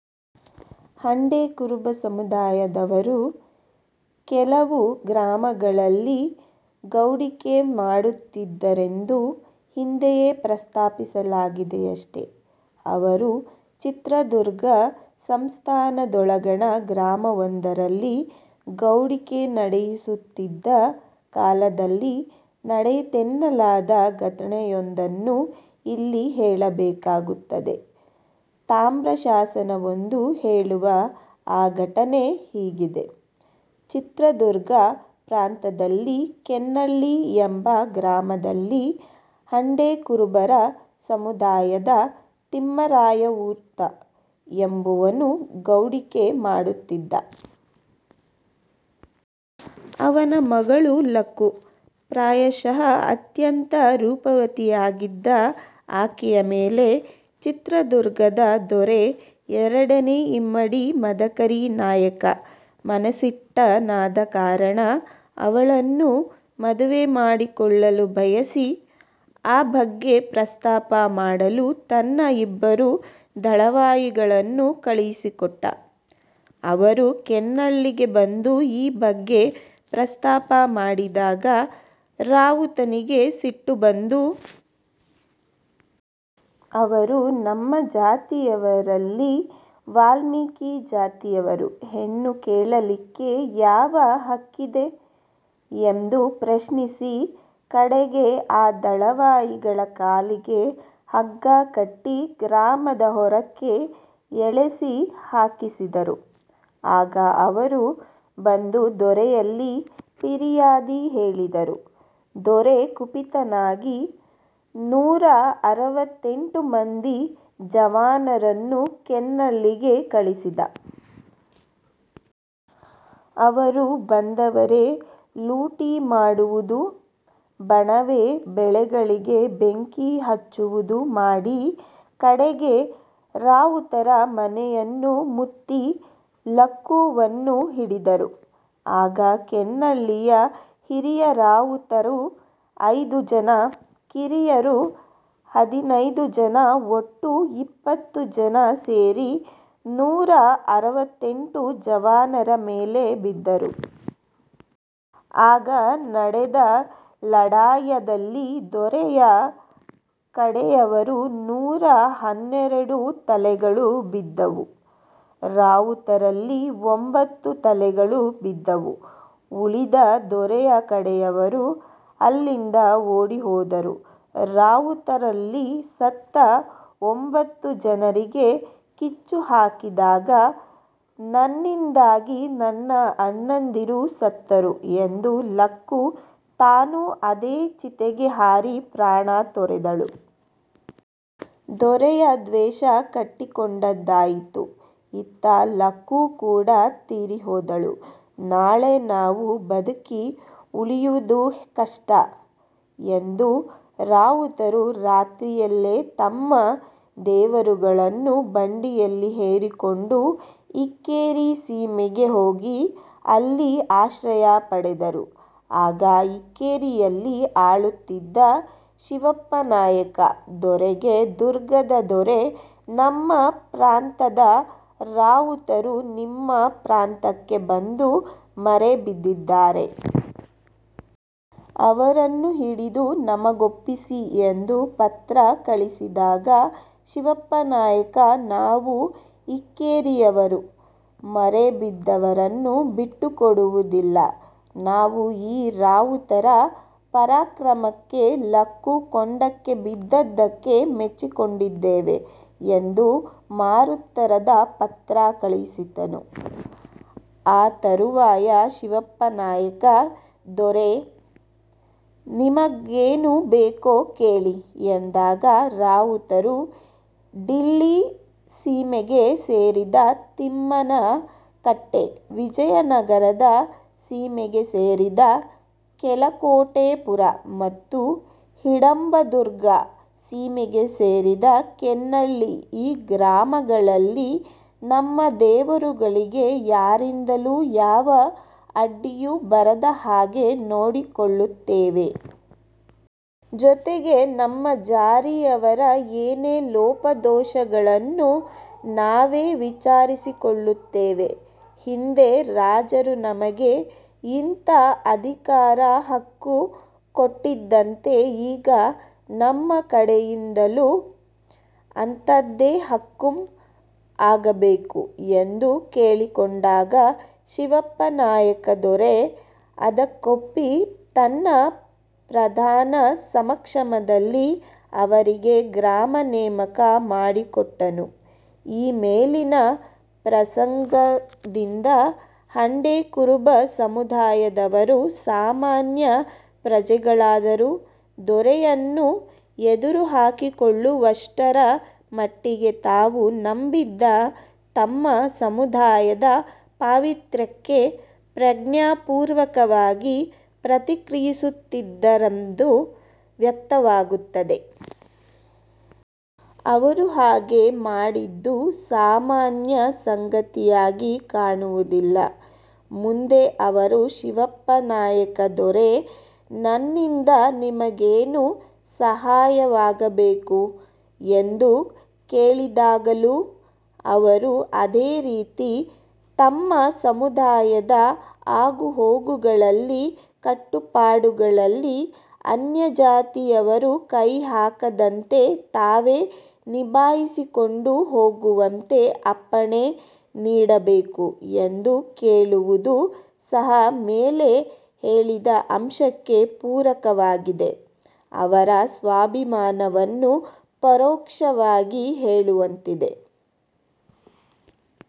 ಹಂಡೆ ಕುರುಬ ಸಮುದಾಯದವರು ಕೆಲವು ಗ್ರಾಮಗಳಲ್ಲಿ ಗೌಡಿಕೆ ಮಾಡುತ್ತಿದ್ದರೆಂದು ಹಿಂದೆಯೇ ಪ್ರಸ್ತಾಪಿಸಲಾಗಿದೆಯಷ್ಟೆ. ಅವರು ಚಿತ್ರದುರ್ಗ ಸಂಸ್ಥಾನದೊಳಗಣ ಗ್ರಾಮವೊಂದರಲ್ಲಿ ಗೌಡಿಕೆ ನಡೆಯಿಸುತ್ತಿದ್ದ ಕಾಲದಲ್ಲಿ ನಡೆಯಿತೆನ್ನಲಾದ ಘಟನೆಯೊಂದನ್ನು ಇಲ್ಲಿ ಹೇಳಬೇಕಾಗುತ್ತದೆ. ತಾಮ್ರ ಶಾಸನವೊಂದು ಹೇಳುವ ಆ ಘಟನೆ ಹೀಗಿದೆ: ಚಿತ್ರದುರ್ಗ ಪ್ರಾಂತದಲ್ಲಿ ಕೆನ್ನಳ್ಳಿ ಎಂಬ ಗ್ರಾಮದಲ್ಲಿ ಹಂಡೆಕುರುಬರ ಸಮುದಾಯದ ತಿಮ್ಮರಾವುತ ಎಂಬುವನು ಗೌಡಿಕೆ ಮಾಡುತ್ತಿದ್ದ. ಅವನ ಮಗಳು ಲಕ್ಕು. ಪ್ರಾಯಶಃ ಅತ್ಯಂತ ರೂಪವತಿಯಾಗಿದ್ದ ಆಕೆಯ ಮೇಲೆ ಚಿತ್ರದುರ್ಗದ ದೊರೆ ಎರಡನೇ ಇಮ್ಮಡಿ ಮದಕೇರಿ ನಾಯಕ ಮನಸ್ಸಿಟ್ಟನಾದ ಕಾರಣ ಅವಳನ್ನು ಮದುವೆ ಮಾಡಿಕೊಳ್ಳಲು ಬಯಸಿ, ಆ ಬಗ್ಗೆ ಪ್ರಸ್ತಾಪ ಮಾಡಲು ತನ್ನ ಇಬ್ಬರು ದಳವಾಯಿಗಳನ್ನು ಕಳಿಸಿಕೊಟ್ಟ. ಅವರು ಕೆನ್ನಳ್ಳಿಗೆ ಬಂದು ಈ ಬಗ್ಗೆ ಪ್ರಸ್ತಾಪ ಮಾಡಿದಾಗ ರಾವುತರಿಗೆ ಸಿಟ್ಟು ಬಂದು. ಅವರು "ನಮ್ಮ ಜಾತಿಯವರಲ್ಲಿ ವಾಲ್ಮೀಕಿ ಜಾತಿಯವರು ಹೆಣ್ಣು ಕೇಳಲಿಕ್ಕೆ ಯಾವ ಹಕ್ಕಿದೆ? " ಎಂದು ಪ್ರಶ್ನಿಸಿ, ಕಡೆಗೆ ಆ ದಳವಾಯಿಗಳ ಕಾಲಿಗೆ ಹಗ್ಗ ಕಟ್ಟಿ ಗ್ರಾಮದ ಹೊರಕ್ಕೆ ಎಳೆಸಿ ಹಾಕಿಸಿದರು. ಆಗ ಅವರು ಬಂದು ದೊರೆಯಲ್ಲಿ ಫಿರಿಯಾದಿ ಹೇಳಿದರು. ದೊರೆ ಕುಪಿತನಾಗಿ ನೂರ ಅರವತ್ತೆಂಟು ಮಂದಿ ಜವಾನರನ್ನು ಕೆನ್ನಳ್ಳಿಗೆ ಕಳಿಸಿದ. ಅವರು ಬಂದವರೇ ಲೂಡಿ ಮಾಡುವುದು, ಬಣವೆ ಬೆಳೆಗಳಿಗೆ ಬೆಂಕಿ ಹಚ್ಚುವುದು, ಮಾಡಿ ಕಡೆಗೆ ಆ ರಾವುತರ ಮನೆಯನ್ನು ಮುತ್ತಿ ಲಕ್ಕುವನ್ನು ಹಿಡಿದರು. ಆಗ ಕೆನ್ನಳ್ಳಿಯ ಹಿರಿಯರಾವುತರು ಐದು ಜನ, ಕಿರಿಯರು ಹದಿನೈದು ಜನ ಒಟ್ಟು ಇಪ್ಪತ್ತು ಜನ ಸೇರಿ ನೂರ ಅರವತ್ತೆಂಟು ಜವಾನರ ಮೇಲೆ ಬಿದ್ದರು. ಆಗ ನಡೆದ ಲಡಾಯದಲ್ಲಿ ದೊರೆಯ ಕಡೆಯವರು ನೂರ ಹನ್ನೆರಡು ತಲೆಗಳು ಬಿದ್ದವು; ರಾವುತರಲ್ಲಿ ಒಂಭತ್ತು ತಲೆಗಳು ಬಿದ್ದವು. ಉಳಿದ ದೊರೆಯ ಕಡೆಯವರು ಅಲ್ಲಿಂದ ಓಡಿ ಹೋದರು. ರಾವುತರಲ್ಲಿ ಸತ್ತ ಒಂಭತ್ತು ಜನರಿಗೆ ಕಿಚ್ಚು ಹಾಕಿದಾಗ, "ನನ್ನಿಂದಾಗಿ ನನ್ನ ಅಣ್ಣಂದಿರು ಸತ್ತರು" ಎಂದು ಲಕ್ಕು ತಾನೂ ಅದೇ ಕಿಚ್ಚಿಗೆ ಹಾರಿ ಪ್ರಾಣ ತೊರೆದಳು. "ದೊರೆಯ ದ್ವೇಷ ಕಟ್ಟಿಕೊಂಡದ್ದಾಯಿತು. ಇತ್ತ ಲಕ್ಕು ಕೂಡಾ ತೀರಿಹೋದಳು. ನಾಳೆ ನಾವು ಬದುಕಿ ಉಳಿಯುವುದು ಕಷ್ಟ" ಎಂದು ರಾವುತರು ರಾತ್ರಿಯಲ್ಲೇ ತಮ್ಮ ದೇವರುಗಳನ್ನು ಬಂಡಿಯಲ್ಲಿ ಹೇರಿಕೊಂಡು ಇಕ್ಕೇರಿ ಸೀಮೆಗೆ ಹೋಗಿ ಅಲ್ಲಿ ಆಶ್ರಯ ಪಡೆದರು. ಆಗ ಇಕ್ಕೇರಿಯಲ್ಲಿ ಆಳುತ್ತಿದ್ದ ಶಿವಪ್ಪನಾಯಕ ದೊರೆಗೆ ದುರ್ಗದ ದೊರೆ "ನಮ್ಮ ಪ್ರಾಂತದ ರಾವುತರು ನಿಮ್ಮ ಪ್ರಾಂತಕ್ಕೆ ಬಂದು ಮರೆಬಿದ್ದಿದ್ದಾರೆ. ಅವರನ್ನು ಹಿಡಿದು ನಮಗೊಪ್ಪಿಸಿ" ಎಂದು ಪತ್ರ ಕಳಿಸಿದಾಗ, ಶಿವಪ್ಪನಾಯಕ "ನಾವು ಇಕ್ಕೇರಿಯವರು, ಮರೆಬಿದ್ದವರನ್ನು ಬಿಟ್ಟುಕೊಡುವವರಲ್ಲ. ನಾವು ಈ ರಾವುತರ ಪರಾಕ್ರಮಕ್ಕೆ, ಲಕ್ಕು ಕೊಂಡಕ್ಕೆ ಬಿದ್ದದ್ದಕ್ಕೆ ಮೆಚ್ಚಿಕೊಂಡಿದ್ದೇವೆ" ಎಂದು ಮಾರುತ್ತರದ ಪತ್ರ ಕಳಿಸಿದನು. ಆ ತರುವಾಯ ಶಿವಪ್ಪನಾಯಕ ದೊರೆ "ನಿಮಗೇನು ಬೇಕೋ ಕೇಳಿ" ಎಂದಾಗ ರಾವುತರು "ಡಿಳ್ಳಿ ಸೀಮೆಗೆ ಸೇರಿದ ತಿಮ್ಮನ ಕಟ್ಟೆ, ವಿಜಯನಗರದ ಸೀಮೆಗೆ ಸೇರಿದ ಕೆಲಕೋಟೆಪುರ ಮತ್ತು ಹಿಡಂಬದುರ್ಗ ಸೀಮೆಗೆ ಸೇರಿದ ಕೆನ್ನಳ್ಳಿ, ಈ ಗ್ರಾಮಗಳಲ್ಲಿ ನಮ್ಮ ದೇವರುಗಳಿಗೆ ಯಾರಿಂದಲೂ ಯಾವ ಅಡ್ಡಿಯೂ ಬರದ ಹಾಗೆ ನೋಡಿಕೊಳ್ಳುತ್ತೇವೆ. ಜೊತೆಗೆ ನಮ್ಮ ಜಾರಿಯವರ ಏನೇ ಲೋಪದೋಷಗಳನ್ನೂ ನಾವೇ ವಿಚಾರಿಸಿಕೊಳ್ಳುತ್ತೇವೆ. ಹಿಂದೆ ರಾಜರು ನಮಗೆ ಇಂಥ ಅಧಿಕಾರ ಹಕ್ಕು ಕೊಟ್ಟಿದ್ದಂತೆ, ಈಗ ನಮ್ಮ ಕಡೆಯಿಂದಲೂ ಅಂಥದೇ ಹುಕುಂ ಆಗಬೇಕು" ಎಂದು ಕೇಳಿಕೊಂಡಾಗ ಶಿವಪ್ಪನಾಯಕ ದೊರೆ ಅದಕ್ಕೊಪ್ಪಿ ತನ್ನ ಪ್ರಧಾನದ ಸಮಕ್ಷಮದಲ್ಲಿ ಅವರಿಗೆ ಗ್ರಾಮ ನೇಮಕ ಮಾಡಿಕೊಟ್ಟನು. ಈ ಮೇಲಿನ ಪ್ರಸಂಗದಿಂದ ಹಂಡೆ ಕುರುಬ ಸಮುದಾಯದವರು ಸಾಮಾನ್ಯ ಪ್ರಜೆಗಳಾದರೂ, ದೊರೆಯನ್ನು ಎದುರುಹಾಕಿಕೊಳ್ಳುವಷ್ಟರ ಮಟ್ಟಿಗೆ ತಾವು ನಂಬಿದ್ದ ತಮ್ಮ ಸಮುದಾಯದ ಪಾವಿತ್ರ್ಯಕ್ಕೆ ಪ್ರಜ್ಞಾ ಪೂರ್ವಕವಾಗಿ ಪ್ರತಿಕ್ರಿಯಿಸುತ್ತಿದ್ದರೆಂದು ವ್ಯಕ್ತವಾಗುತ್ತದೆ. ಅವರು ಹಾಗೆ ಮಾಡಿದ್ದು ಸಾಮಾನ್ಯ ಸಂಗತಿಯಾಗಿ ಕಾಣುವುದಿಲ್ಲ. ಮುಂದೆ ಅವರು ಶಿವಪ್ಪನಾಯಕ ದೊರೆ "ನನ್ನಿಂದ ನಿಮಗೇನು ಸಹಾಯವಾಗಬೇಕು" ಎಂದು ಕೇಲಿದಾಗಲೂ ಅವರು ಅದೇ ರೀತಿ ತಮ್ಮ ಸಮುದಾಯದ ಆಗು-ಹೋಗುಗಳಲ್ಲಿ ಕಟ್ಟುಪಾಡುಗಳಲ್ಲಿ ಅನ್ಯಜಾತಿಯವರು ಕೈಹಾಕದಂತೆ, ತಾವೇ ನಿಭಾಯಿಸಿಕೊಂಡು ಹೋಗುವಂತೆ, ಅಪ್ಪಣೆ ನೀಡಬೇಕು ಎಂದು ಕೇಳುವುದು ಸಹ ಮೇಲೆ ಹೇಳಿದ ಅಂಶಕ್ಕೆ ಪೂರಕವಾಗಿದೆ. ಅವರ ಸ್ವಾಭಿಮಾನವನ್ನು ಪರೋಕ್ಷವಾಗಿ ಹೇಳುವಂತಿದೆ.